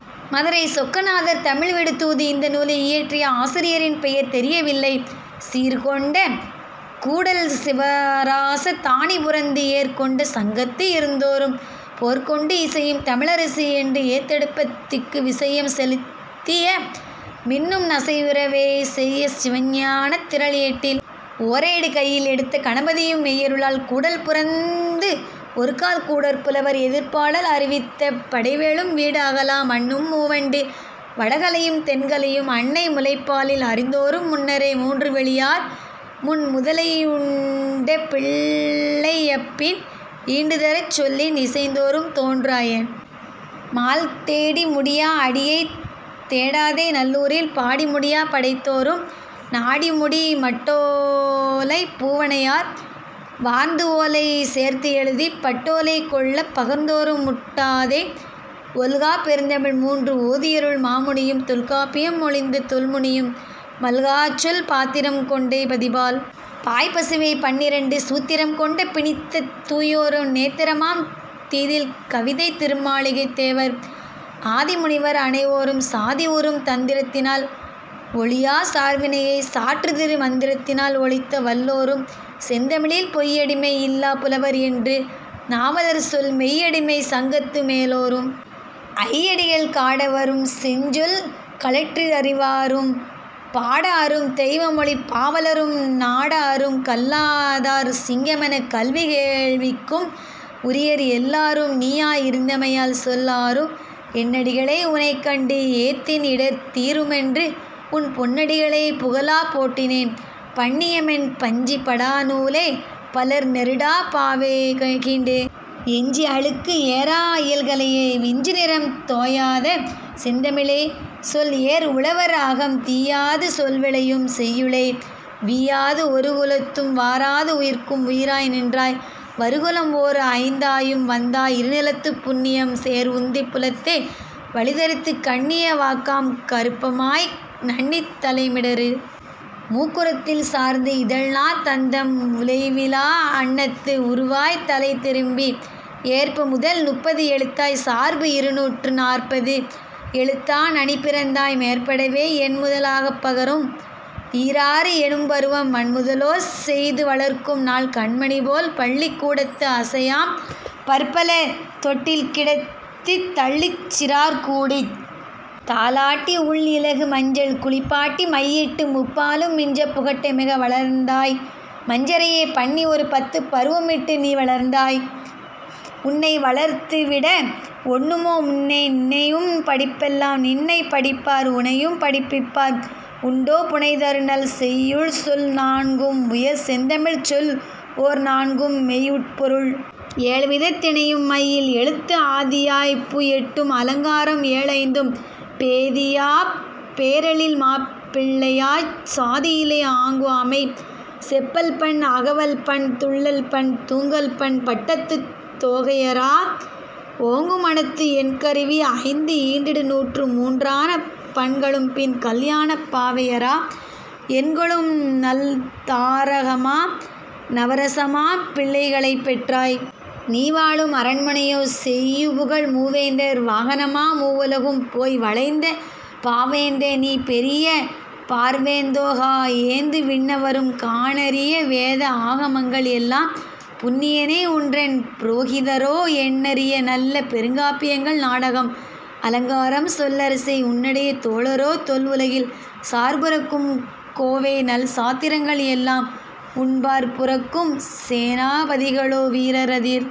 மதுரைச் சொக்கநாதர் தமிழ் விடு தூது இந்த நூலை இயற்றிய ஆசிரியரின் பெயர் தெரியவில்லை. சீர்கொண்ட கூடல் சிவராச தானி புரந்து ஏர் கொண்ட சங்கத்துஇருந்தோரும் போர்கொண்டு இசையும் தமிழரசி என்று ஏத்தெடுப்பத் திக்கு விசையம் செலுத்திய மின்னும் நசையுறவே செய்ய சிவஞானத் திரள் ஏட்டில் ஓரேடு கையில் எடுத்த கணபதியும் மெய்யருளால் கூடல் புரந்து ஒருகால் கூடற் புலவர்எதிர் பாடல் அறிவித்த படைவேளும் வீடு அகலா மன்னும் மூவாண்டில் வடகலையும் தென்கலையும் அன்னை முலைப்பாலில் அறிந்தோரும் முன்னரே மூன்று விழியார் முன் முதலையுண்ட பிள்ளையைப்பின் ஈன்றுதரச் சொல்லின் இசைந்தோரும் தோன்று அயன் மால் தேடி முடியா அடியைத் தேடாதே நல்லூரில் பாடி முடியாப் படைத்தோரும் நாடிமுடி மட்டோ லைப் பூவனையார் வார்ந்துஓலை சேர்த்துஎழுதிப் பட்டோ லை கொள்ளப் பகர்ந்தோரும் முட்டாதே ஒல்காப் பெருந்தமிழ் மூன்று ஓதியருள் மாமுனியும் தொல்காப்பியம் மொழிந்த தொல்முனியும் மல்காச் சொல் பாத்திரம் கொண்டே பதிபால் பாய் பசுவைப் பன்னிரண்டு சூத்திரம் கொண்டே பிணித்த தூயோரும் நேத்திரமாம் தீதில் கவிதைத் திருமாளிகைத் தேவர் ஆதி முனிவர் அனைவோரும் சாதி, உறும் தந்திரத்தினால் ஒழியாச் சார்வினையைச் சாற்றுதிரு மந்திரத்தினால் ஒழித்த வல்லோரும் செந்தமிழில் பொய்யடிமை இல்லாப் புலவர் என்று நாவலர்சொல் மெய்யடிமைச் சங்கத்து மேலோரும் ஐயடிகள் காடவரும் செஞ் சொல் கழறிற்றறிவாரும் பாடஅரும் தெய்வமொழிப் பாவலரும் நாடஅரும் கல்லாதார் சிங்கமெனக் கல்வி கேள்விக்கு உரியர் எல்லாரும் நீயாய் இருந்தமையால் சொல் ஆரும் என்னடிகளே உனைக்கண்டு ஏத்தின்இடர் தீருமென்றுஉன் பொன்னடிகளே புகலாப் போற்றினேன் பன்னியமென் பஞ்சி படா நூலே பலர்நெருடாப் பாவே கீண்டு எஞ்சி அழுக்கு ஏறா இயல்கலையே விஞ்சுநிறம் தோயாத செந்தமிழே சொல்ஏர் உழவர் அகம் தீயாது சொல்விளையும் செய்யுளே வீயாது ஒருகுலத்தும் வாராது உயிர்க்கு உயிராய் நின்றாய் வருகுலம் ஓர் ஐந்தாயும் வந்தாய் இருநிலத்துப் புண்ணியம் சேர்உந்திப் புலத்தே வளிதரித்துக் கண்ணிய வாக்காம் கருப்பமாய் நண்ணித் தலைமிடறு மூக்குரத்தில் சார்ந்து இதழ்நாத் தந்தம் உலைவிலா அண்ணத்து உருவாய்த் தலைதிரும்பி ஏற்பமுதல் முப்பது எழுத்தாய்ச் சார்பு இருநூற்று நாற்பது எழுத்தா நனிபிறந்தாய் மேற்படவே எண்முதலாகப் பகரும் ஈராறு எனும்பருவம் மண்முதலோர் செய்துவளர்க்கும் நாள் கண்மணிபோல் பள்ளிக்கூ டத்து அசையாம் பற்பல தொட்டில் கிடத்தித் தள்ளிச் சிறார்கூடித் தாலாட்டி உள் இலகு மஞ்சள் குளிப்பாட்டி மையிட்டு முப்பாலும் மிஞ்சப் புகட்ட மிக வளர்ந்தாய் மஞ்சரையே பன்னிஒரு பத்துப் பருவமிட்டு நீவளர்த்தாய் உன்னை வளர்த்துவிட ஒண்ணுமோ முன்னே நினையும் படிப்பெல்லாம் நின்னைப் படிப்பார் உனையும் படிப்பிப்பார் உண்டோ புனைதருநல் செய்யுள்சொல் நான்கும்உயர் செந்தமிழ்ச்சொல் ஓர்நான்கும் மெய்உட்பொருள் ஏழ்விதத் திணையும் மையில் எழுத்து ஆதியாப்பு எட்டும் அலங்காரம் ஏழ்ஐந்தும் பேதியாப் பேரெழில் மாப்பிள்ளையாய்ச் சாதியிலே ஆங்குஅமை செப்பல்பண் அகவல்பண் துள்ளல்பண் தூங்கல்பண் பட்டத்துத் தோகையரா ஓங்குமனத்து எண் கருவி ஐந்துஈன்றிடு நூற்று மூன்றான பண்களும்பின் கல்யாணப் பாவையரா எண்கொளும் நல்தாரகமா நவரசமாம் பிள்ளைகளைப் பெற்றாய் நீ வாழும் அரண்மனையோ செய்யபுகழ் மூ வேந்தர் வாகனமா மூவுலகும் போய் வளைந்த பாவேந்தே நீ பெரிய பார்வேந்தோ கா ஏந்து விண்ணவரும் காணரிய வேத ஆகமங்கள் எலாம் புண்ணியனே உன்றன் புரோகிதரோ எண்ணரிய நல்ல பெருங்காப்பியங்கள் நாடகம் அலங்காரம் சொல்லரசே உன்னுடைய தோழரோ தொல் உலகில் சார்புரக்கும் கோவே நல்சாத்திரங்கள் எல்லாம் உன் பார் புரக்கும் சேனாபதிகளோ வீரர் அதிர்।